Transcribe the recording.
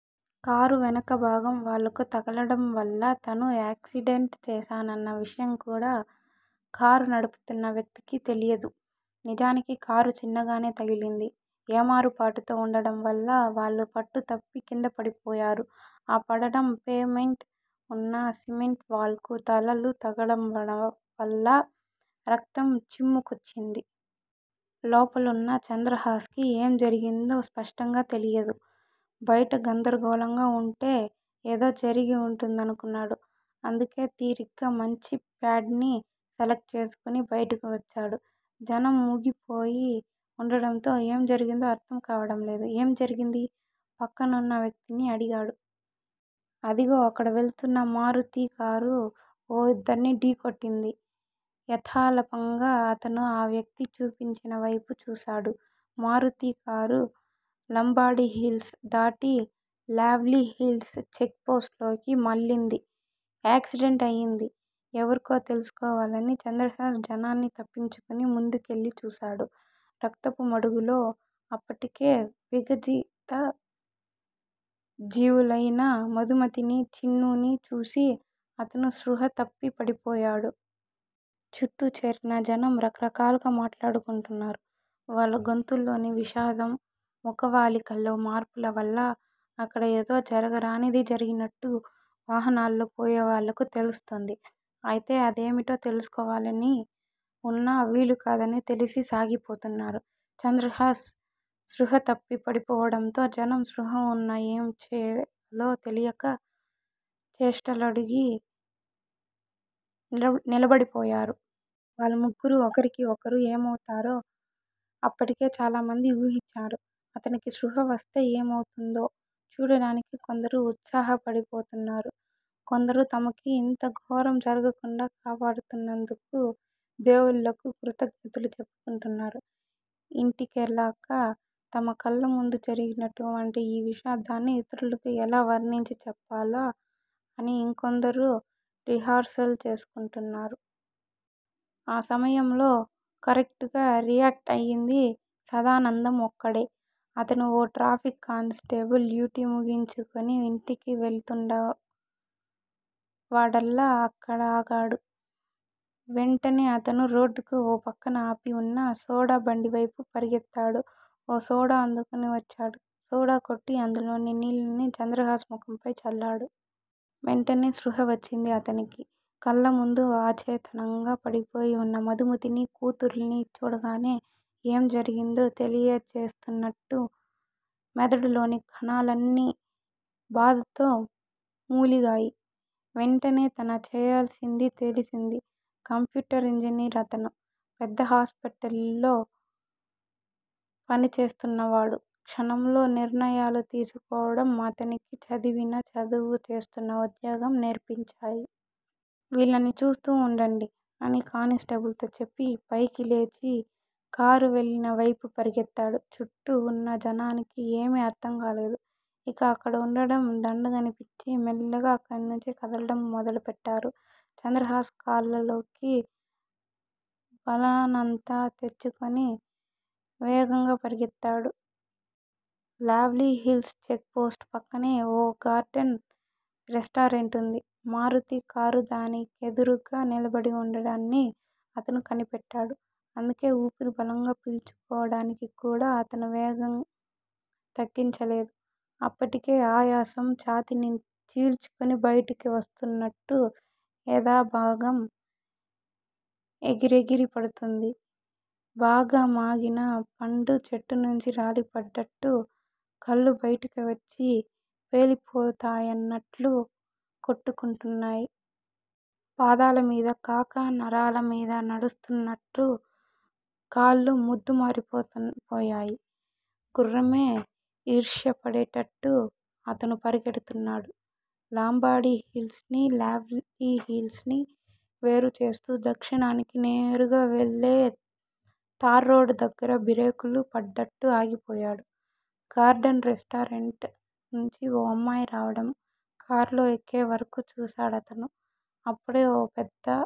Car వెనుకభాగం వాళ్ళకు తగలడం వల్ల తను యాక్సిడెంట్ చేశానన్న విషయం కూడా కారు నడుపుతున్న వ్యక్తికి తెలియదు. నిజానికి కారు చిన్నగానే తగిలింది. ఏమరుపాటుతో వుండడంవల్ల వాళ్ళు పట్టుతప్పి కిందపడిపోయారు. ఆ పడడం పేవ్ మెంట్ వున్న సిమెంట్ వాల్ కు తలలు తలగడంవల్ల రక్తం చిమ్ముకొచ్చింది. లోపలున్న చంద్రహాస్ కి ఏం జరిగిందో స్పష్టంగా తెలియదు. బయట గందరగోళంగా వుంటే ఏదో జరిగి వుంటుందనుకున్నాడు. అందుకే తీరిగ్గా మంచి ప్యాడ్ ని సెలెక్ట్ చేసుకుని బయటకు వచ్చాడు. జనం మూగిపోయి వుండడంతో ఏం జరిగిందో అర్థం కావడంలేదు. ఏం జరిగింది? పక్కనున్న వ్యక్తిని అడిగాడు. అదిగో- అక్కడ వెళుతున్న మారుతీకారు ఓ ఇద్దర్ని ఢీకొట్టింది యథాలాపంగా అతను ఆ వ్యక్తి చూపించినవైపు చూశాడు. మారుతీకారు లంబాడీ హిల్స్ దాటి లవ్లీ హిల్స్ చెక్ పోస్ట్ లోకి మళ్ళింది. యాక్సిడెంట్ అయింది ఎవరికో తెలుసుకోవాలని చంద్రహాస్ జనాన్ని తప్పించుకుని ముందుకెళ్ళి చూశాడు. రక్తపు మడుగులో అప్పటికే విగజిత జీవులయిన మధుమతిని, చిన్నూని చూసి అతను స్పృహ తప్పి పడిపోయాడు. చుట్టూ చేరిన జనం రకరకాలుగా మాట్లాడుకుంటున్నారు. వాళ్ళ గొంతుల్లోని విషాదం, ముఖవళికల్లో మార్పులవల్ల అక్కడ ఏదో జరగరానిది జరిగినట్టు వాహనాల్లో పోయేవాళ్ళకు తెలుస్తోంది. అయితే అదేమిటో తెలుసుకోవాలని వున్నా వీలుకాదని తెలిసి సాగిపోతున్నారు. చంద్రహాస్ స్పృహ తప్పి పడిపోవడంతో జనం స్పృహ వున్నా ఏం చేయాలో తెలియక చేష్టలుడిగి నిలబడిపోయారు. వాళ్ళు ముగ్గురూ ఒకరికి ఒకరు ఏమవుతారో అప్పటికే చాలామంది ఊహించారు. అతనికి స్పృహ వస్తే ఏమవుతుందో చూడడానికి కొందరు ఉత్సాహపడిపోతున్నారు. కొందరు తమకి ఇంత ఘోరం జరగకుండా కాపాడుతున్నందుకు దేవుళ్ళకు కృతజ్ఞతలు చెప్పుకుంటున్నారు. ఇంటికెళ్ళాక తమ కళ్ళముందు జరిగినటువంటి ఈ విషాదాన్ని ఇతరులకు ఎలా వర్ణించి చెప్పాలా అని ఇంకొందరు రిహార్సల్ చేసుకుంటున్నారు. ఆ సమయంలో కరెక్టుగా రియాక్ట్ అయ్యింది సదానందం ఒక్కడే. అతను ఓ ట్రాఫిక్ కానిస్టేబుల్. డ్యూటీ ముగించుకుని ఇంటికి వెళుతున్నవాడల్లా అక్కడ ఆగాడు. వెంటనే అతను రోడ్డుకు ఓ పక్కన ఆపి వున్న సోడా బండివైపు పరుగెత్తాడు. ఓ సోడా అందుకుని వచ్చాడు. సోడా కొట్టి, అందులోని నీళ్ళని చంద్రహాస్ ముఖంపై చల్లాడు. వెంటనే స్పృహ వచ్చింది అతనికి. కళ్ళముందు అచేతనంగా పడిపోయి వున్న మధుమతినీ, కూతుర్నీ చూడగానే ఏం జరిగిందో తెలియజేస్తున్నట్టు మెదడులోని కణాలన్నీ బాధతో మూలిగాయి. వెంటనే తన చేయాల్సింది తెలిసింది. కంప్యూటర్ ఇంజనీర్ అతను. పెద్ద హాస్పిటల్ లో పనిచేస్తున్నవాడు. క్షణంలో నిర్ణయాలు తీసుకోవడం అతనికి చదివిన చదువు, చేస్తున్న ఉద్యోగం నేర్పించాయి. వీళ్ళని చూస్తూ వుండండి అని కానిస్టేబుల్ తో చెప్పి, పైకి లేచి కారు వెళ్ళిన వైపు పరుగెత్తాడు. చుట్టూ వున్న జనానికి ఏమీ అర్థం కాలేదు. ఇక అక్కడ వుండడం దండగనిపించి మెల్లగా అక్కడినుంచి కదలడం మొదలుపెట్టారు. చంద్రహాస్ కాళ్ళల్లోకి బలాన్నంతా తెచ్చుకుని వేగంగా పరిగెత్తాడు. లవ్లీ హిల్స్ చెక్ పోస్టు పక్కనే ఓ గార్డెన్ రెస్టారెంటుంది. మారుతీ కారు దానికెదురుగ్గా నిలబడి వుండడాన్ని అతను కనిపెట్టాడు. అందుకే ఊపిరి బలంగా పీల్చుకోవడాని క్కూడా అతను వేగం తగ్గించలేదు. అప్పటికే ఆయాసం ఛాతీని చీల్చుకుని బయటికి వస్తున్నట్టు ఎదాభాగం ఎగిరెగిరి పడుతోంది. బాగా మాగిన పండు చెట్టునుంచి రాలిపడ్డట్టు కళ్ళు బయటికి వచ్చి పేలిపోతాయన్నట్లు కొట్టుకుంటున్నాయి. పాదాలమీద కాక నరాలమీద నడుస్తున్నట్టు కాళ్ళు మొద్దుబారిపోయాయి. గుర్రమే ఈర్ష్య పడేటట్టు అతను పరిగెడుతున్నాడు. లంబాడీ హిల్స్ ని, లవ్లీ హిల్స్ ని వేరుచేస్తూ దక్షిణానికి నేరుగా వెళ్ళే తార్రోడు దగ్గర బ్రేకులు పడ్డట్టు ఆగిపోయాడు, గార్డెన్ రెస్టారెంట్ నుంచి ఓ అమ్మాయి రావడం, కారులో ఎక్కేవరకు చూశాడతను. అప్పుడే ఓ పెద్ద